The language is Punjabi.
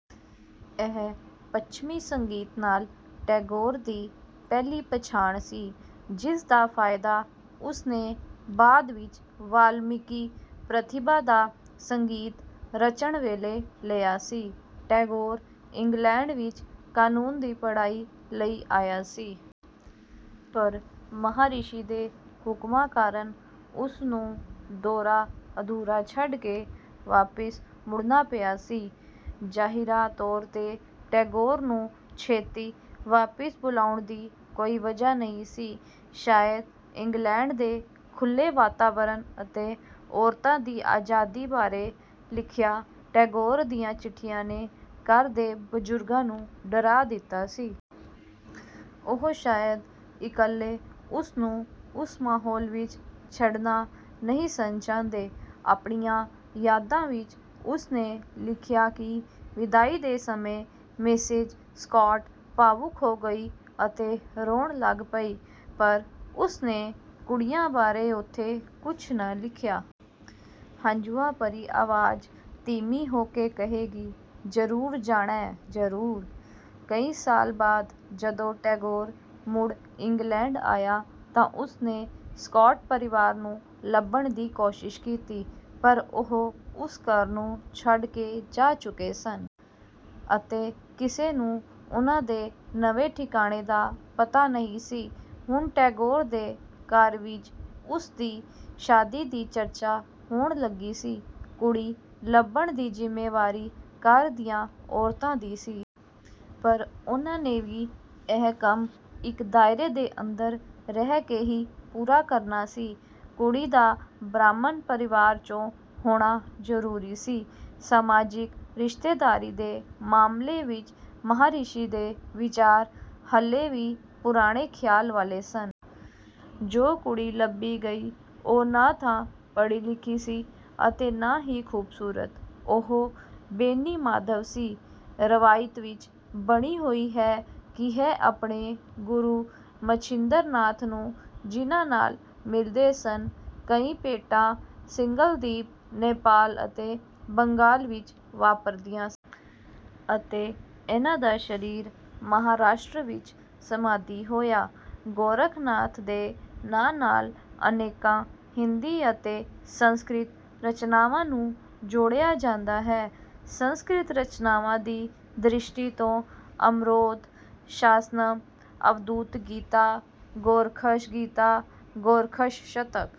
ਇਹ ਪੱਛਮੀ ਸੰਗੀਤ ਨਾਲ ਟੈਗੋਰ ਦੀ ਪਹਿਲੀ ਪਛਾਣ ਸੀ। ਜਿਸ ਦਾ ਫਾਇਦਾ ਉਸ ਨੇ ਬਾਅਦ ਵਿੱਚ ਵਾਲਮੀਕਿ ਪ੍ਰਤਿਭਾ ਦਾ ਸੰਗੀਤ ਰਚਣ ਵੇਲੇ ਲਿਆ ਸੀ। ਟੈਗੋਰ ਇੰਗਲੈਂਡ ਵਿੱਚ ਕਾਨੂੰਨ ਦੀ ਪੜ੍ਹਾਈ ਲਈ ਆਇਆ ਸੀ। ਪਰ ਮਹਾਰਿਸ਼ੀ ਦੇ ਹੁਕਮਾਂ ਕਾਰਨ ਉਸ ਨੂੰ ਦੌਰਾ ਅਧੂਰਾ ਛੱਡ ਕੇ ਵਾਪਿਸ ਮੁੜਨਾ ਪਿਆ ਸੀ। ਜ਼ਾਹਿਰਾ ਤੌਰ ਤੇ ਟੈਗੋਰ ਨੂੰ ਛੇਤੀ ਵਾਪਿਸ ਬੁਲਾਉਣ ਦੀ ਕੋਈ ਵਜ੍ਹਾ ਨਹੀਂ ਸੀ। ਸ਼ਾਇਦ ਇੰਗਲੈਂਡ ਦੇ ਖੁੱਲ੍ਹੇ ਵਾਤਾਵਰਨ ਅਤੇ ਔਰਤਾਂ ਦੀ ਆਜ਼ਾਦੀ ਬਾਰੇ ਲਿਖੀਆਂ ਟੈਗੋਰ ਦੀਆਂ ਚਿੱਠੀਆਂ ਨੇ ਘਰ ਦੇ ਬਜ਼ੁਰਗਾਂ ਨੂੰ ਡਰਾ ਦਿੱਤਾ ਸੀ। ਉਹ ਸ਼ਾਇਦ ਇਕੱਲੇ ਉਸ ਨੂੰ ਉਸ ਮਾਹੌਲ ਵਿੱਚ ਛੱਡਣਾ ਨਹੀਂ ਸਨ ਚਾਹੁੰਦੇ। ਆਪਣੀਆਂ ਯਾਦਾਂ ਵਿੱਚ ਉਸ ਨੇ ਲਿਖਿਆ ਕਿ ਵਿਦਾਈ ਦੇ ਸਮੇਂ ਮਿਸਿਜ਼ ਸਕਾਟ ਭਾਵੁਕ ਹੋ ਗਈ ਅਤੇ ਰੋਣ ਲੱਗ ਪਈ। ਪਰ ਉਸ ਨੇ ਕੁੜੀਆਂ ਬਾਰੇ ਉੱਥੇ ਕੁਝ ਨਾ ਲਿਖਿਆ। ਹੰਝੂਆਂ ਭਰੀ ਆਵਾਜ਼ ਧੀਮੀ ਹੋ ਕੇ ਕਹੇਗੀ: ਜ਼ਰੂਰ ਜਾਣੈ? ਜ਼ਰੂਰ?" ਕਈ ਸਾਲ ਬਾਅਦ ਜਦੋਂ ਟੈਗੋਰ ਮੁੜ ਇੰਗਲੈਂਡ ਆਇਆ ਤਾਂ ਉਸ ਨੇ ਸਕਾਟ ਪਰਿਵਾਰ ਨੂੰ ਲੱਭਣ ਦੀ ਕੋਸ਼ਿਸ਼ ਕੀਤੀ। ਪਰ ਉਹ ਉਸ ਘਰ ਨੂੰ ਛੱਡ ਕੇ ਜਾ ਚੁੱਕੇ ਸਨ। ਅਤੇ ਕਿਸੇ ਨੂੰ ਉਨ੍ਹਾਂ ਦੇ ਨਵੇਂ ਠਿਕਾਣੇ ਦਾ ਪਤਾ ਨਹੀਂ ਸੀ। ਹੁਣ ਟੈਗੋਰ ਦੇ ਘਰ ਵਿੱਚ ਉਸ ਦੀ ਸ਼ਾਦੀ ਦੀ ਚਰਚਾ ਹੋਣ ਲੱਗੀ ਸੀ। ਕੁੜੀ ਲੱਭਣ ਦੀ ਜ਼ਿੰਮੇਵਾਰੀ ਘਰ ਦੀਆਂ ਔਰਤਾਂ ਦੀ ਸੀ। ਪਰ ਉਨ੍ਹਾਂ ਨੇ ਵੀ ਇਹ ਕੰਮ ਇੱਕ ਦਾਇਰੇ ਦੇ ਅੰਦਰ ਰਹਿ ਕੇ ਹੀ ਪੂਰਾ ਕਰਨਾ ਸੀ। ਕੁੜੀ ਦਾ ਬ੍ਰਾਹਮਣ ਪਰਿਵਾਰ ਚੋਂ ਹੋਣਾ ਜ਼ਰੂਰੀ ਸੀ। ਸਮਾਜਿਕ ਰਿਸ਼ਤੇਦਾਰੀ ਦੇ ਮਾਮਲੇ ਵਿੱਚ ਮਹਾਰਿਸ਼ੀ ਦੇ ਵਿਚਾਰ ਹਾਲੇ ਵੀ ਪੁਰਾਣੇ ਖਿਆਲਾਂ ਵਾਲੇ ਸਨ। ਜੋ ਕੁੜੀ ਲੱਭੀ ਗਈ ਉਹ ਨਾ ਤਾਂ ਪੜ੍ਹੀ-ਲਿਖੀ ਸੀ ਅਤੇ ਨਾ ਹੀ ਖੂਬਸੂਰਤ। ਉਹ ਬੇਨੀ ਮਾਧਵ ਸੀ। ਰਵਾਇਤ ਵਿੱਚ ਬਣੀ ਹੋਈ ਹੈ ਕਿ ਇਹ ਆਪਣੇ ਗੁਰੂ ਮਛਿੰਦਰਨਾਥ ਨੂੰ ਜਿਨਾਂ ਨਾਲ ਮਿਲਦੇ ਸਨ। ਕਈ ਭੇਟਾਂ ਸਿੰਘਲਦੀਪ, ਨੇਪਾਲ ਅਤੇ ਬੰਗਾਲ ਵਿੱਚ ਵਾਪਰਦੀਆਂ ਸਨ। ਅਤੇ ਇਨ੍ਹਾਂ ਦਾ ਸਰੀਰ ਮਹਾਰਾਸ਼ਟਰ ਵਿੱਚ ਸਮਾਧੀ ਹੋਇਆ। ਗੋਰਖਨਾਥ ਦੇ ਨਾਂ ਨਾਲ ਅਨੇਕਾਂ ਹਿੰਦੀ ਅਤੇ ਸੰਸਕ੍ਰਿਤ ਰਚਨਾਵਾਂ ਨੂੰ ਜੋੜਿਆ ਜਾਂਦਾ ਹੈ। ਸੰਸਕ੍ਰਿਤ ਰਚਨਾਵਾਂ ਦੀ ਦ੍ਰਿਸ਼ਟੀ ਤੋਂ ਅਮਰੌਧ, ਸ਼ਾਸਨਮ, ਅਵਧੂਤ ਗੀਤਾ, ਗੋਰਖਸ਼ ਗੀਤਾ, ਗੋਰਖਸ਼ ਸ਼ਤਕ,